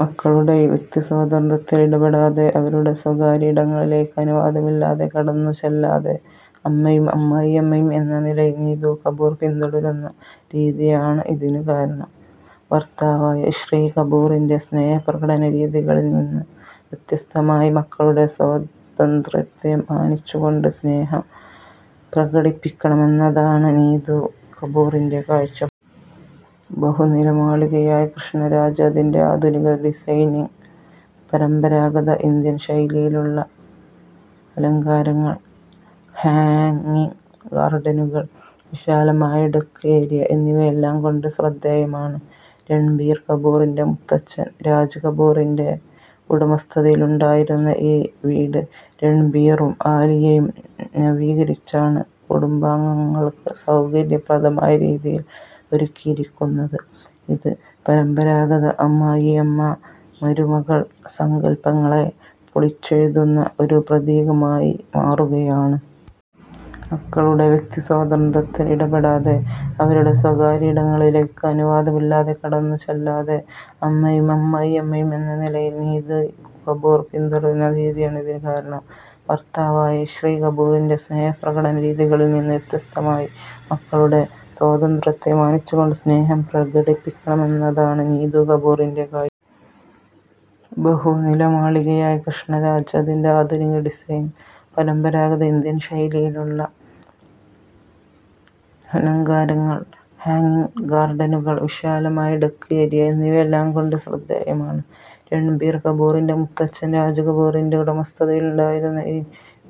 മക്കളുടെ വ്യക്തിസ്വാതന്ത്ര്യത്തിൽ ഇടപെടാതെ, അവരുടെ സ്വകാര്യ ഇടങ്ങളിലേക്ക് അനുവാദമില്ലാതെ കടന്നുചെല്ലാതെ, അമ്മയും അമ്മായിയമ്മയും എന്ന നിലയിൽ നീതു കപൂർ പിന്തുടരുന്ന രീതിയാണ് ഇതിന് കാരണം. ഭർത്താവായ ഋഷി കപൂറിൻ്റെ സ്നേഹപ്രകടന രീതികളിൽ നിന്ന് വ്യത്യസ്തമായി, മക്കളുടെ സ്വാതന്ത്ര്യത്തെ മാനിച്ചുകൊണ്ട് സ്നേഹം പ്രകടിപ്പിക്കണമെന്നതാണ് നീതു കപൂറിൻ്റെ കാഴ്ചപ്പാട്. ബഹുനില മാളികയായ 'കൃഷ്ണ രാജ്', അതിൻ്റെ ആധുനിക ഡിസൈനിംഗ്, പരമ്പരാഗത ഇന്ത്യൻ ശൈലിയിലുള്ള അലങ്കാരങ്ങൾ, ഹാങ്ങിങ് ഗാർഡനുകൾ, വിശാലമായ ഡെക്ക് ഏരിയ എന്നിവയെല്ലാം കൊണ്ട് ശ്രദ്ധേയമാണ്. രൺബീർ കപൂറിൻ്റെ മുത്തച്ഛൻ രാജ് കപൂറിൻ്റെ ഉടമസ്ഥതയിലുണ്ടായിരുന്ന ഈ വീട്, രൺബീറും ആലിയയും നവീകരിച്ചാണ് കുടുംബാംഗങ്ങൾക്ക് സൗകര്യപ്രദമായ രീതിയിൽ ഒരുക്കിയിരിക്കുന്നത്, ഇത് പരമ്പരാഗത അമ്മായിയമ്മ-മരുമകൾ സങ്കൽപ്പങ്ങളെ പൊളിച്ചെഴുതുന്ന ഒരു പ്രതീകമായി മാറുകയാണ്. മക്കളുടെ വ്യക്തിസ്വാതന്ത്ര്യത്തിൽ ഇടപെടാതെ, അവരുടെ സ്വകാര്യ ഇടങ്ങളിലേക്ക് അനുവാദമില്ലാതെ കടന്നുചെല്ലാതെ, അമ്മയും അമ്മായിയമ്മയും എന്ന നിലയിൽ നീതു കപൂർ പിന്തുടരുന്ന രീതിയാണ് ഇതിന് കാരണം. ഭർത്താവായ ഋഷി കപൂറിൻ്റെ സ്നേഹപ്രകടന രീതികളിൽ നിന്ന് വ്യത്യസ്തമായി, മക്കളുടെ സ്വാതന്ത്ര്യത്തെ മാനിച്ചുകൊണ്ട് സ്നേഹം പ്രകടിപ്പിക്കണമെന്നതാണ് നീതു കപൂറിൻ്റെ കാഴ്ചപ്പാട്. ബഹുനില മാളികയായ 'കൃഷ്ണ രാജ്', അതിൻ്റെ ആധുനിക ഡിസൈനിംഗ്, പരമ്പരാഗത ഇന്ത്യൻ ശൈലിയിലുള്ള അലങ്കാരങ്ങൾ, ഹാങ്ങിങ് ഗാർഡനുകൾ, വിശാലമായ ഡെക്ക് ഏരിയ എന്നിവയെല്ലാം കൊണ്ട് ശ്രദ്ധേയമാണ്. രൺബീർ കപൂറിൻ്റെ മുത്തച്ഛൻ രാജ് കപൂറിൻ്റെ ഉടമസ്ഥതയിലുണ്ടായിരുന്ന ഈ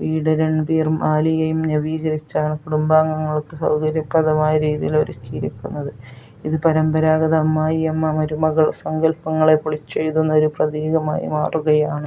വീട്, രൺബീറും ആലിയയും നവീകരിച്ചാണ് കുടുംബാംഗങ്ങൾക്ക് സൗകര്യപ്രദമായ രീതിയിൽ ഒരുക്കിയിരിക്കുന്നത്, ഇത് പരമ്പരാഗത അമ്മായിയമ്മ-മരുമകൾ സങ്കൽപ്പങ്ങളെ പൊളിച്ചെഴുതുന്ന ഒരു പ്രതീകമായി മാറുകയാണ്.